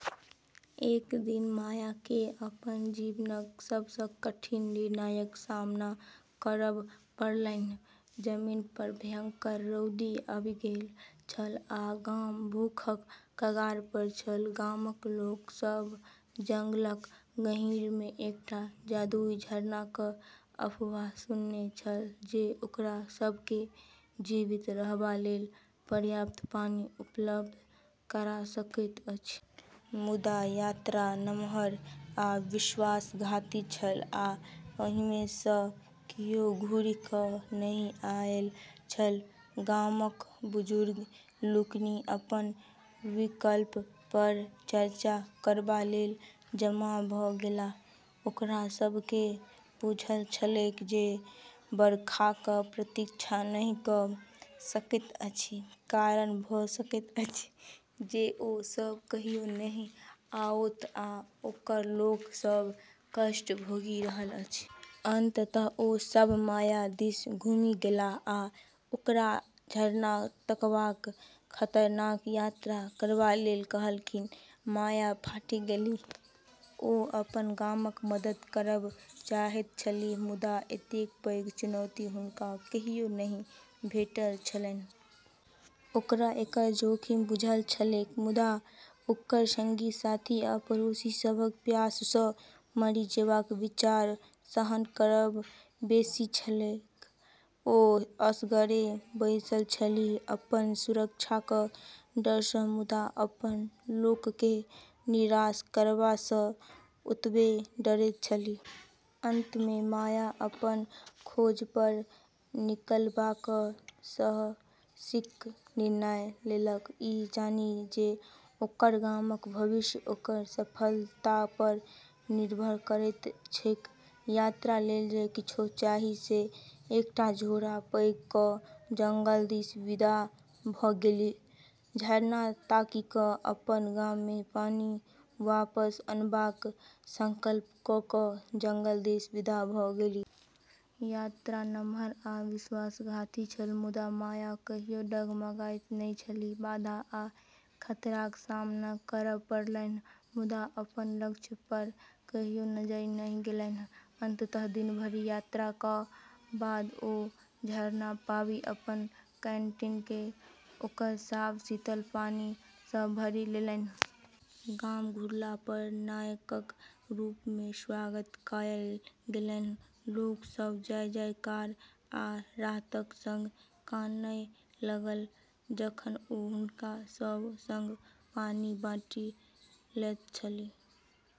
एक दिन मायाकेँ अपन जीवनक सबसँ कठिन निर्णयक सामना करब पड़लन्हि। जमीनपर भयंकर रौदी आबि गेल छल, आ गाम भूखक कगारपर छल। गामक लोक सभ जंगलक गहींरमे एकटा जादुई झरनाक अफवाह सुनने छल, जे ओकरा सभकेँ जीवित रहबालेल पर्याप्त पानि उपलब्ध करा सकैत अछि। मुदा यात्रा नमहर आ विश्वासघाती छल, आ ओहिमे सँ कियो घुरि कऽ नहि आएल छल। गामक बुजुर्ग लोकनि अपन विकल्पपर चर्चा करबालेल जमा भऽ गेलाह। ओकरा सभकेँ बुझल छलैक जे बरखाक प्रतीक्षा नहि कऽ सकैत अछि, कारण भऽ सकैत अछि जे ओ सभ कहियो नहि आओत, आ ओकर लोक सभ कष्ट भोगि रहल अछि। अंततः ओ सभ माया दिस घुमि गेलाह आ ओकरा झरना तकबाक खतरनाक यात्रा करबालेल कहलखिन। माया फाटि गेलीह। ओ अपन गामक मदद करब चाहैत छलीह, मुदा एतेक पैघ चुनौती हुनका कहियो नहि भेटल छलन्हि। ओकरा एकर जोखिम बुझल छलैक, मुदा ओकर संगी-साथी आ पड़ोसी सभक प्याससँ मरि जेबाक विचार सहन करब बेसी छलैक। ओ असगरे बैसल छलीह, अपन सुरक्षाक डरसँ, मुदा अपन लोककेँ निराश करबासँ ओतबे डरैत छलीह। अंतमे माया अपन खोजपर निकलबाक साहसिक निर्णय लेलक, ई जानि जे ओकर गामक भविष्य ओकर सफलतापर निर्भर करैत छैक यात्रालेल जे किछु चाही से एकटा झोरा पैक कऽ जंगल दिस विदा भऽ गेलीह, झरना ताकि कऽ अपन गाममे पानि वापस अनबाक संकल्प कऽ कऽ जंगल दिस विदा भऽ गेलीह। यात्रा नमहर आ विश्वासघाती छल, मुदा माया कहियो डगमगाइत नहि छलीह। बाधा आ खतराक सामना करब पड़लन्हि, मुदा अपन लक्ष्यपर कहियो नजरि नहि गेलन्हि। अंततः दिन भरि यात्राका बाद ओ झरना पाबि अपन कैंटीनकेँ ओकर साफ, शीतल पानिसँ भरि लेलन्हि। गाम घुरलापर नायकक रूपमे स्वागत कएल गेलन्हि। लोक सभ जय-जयकार आ राहतक संग कानए लागल जखन ओ हुनका सभ संग पानि बाँटि लैत छलीह।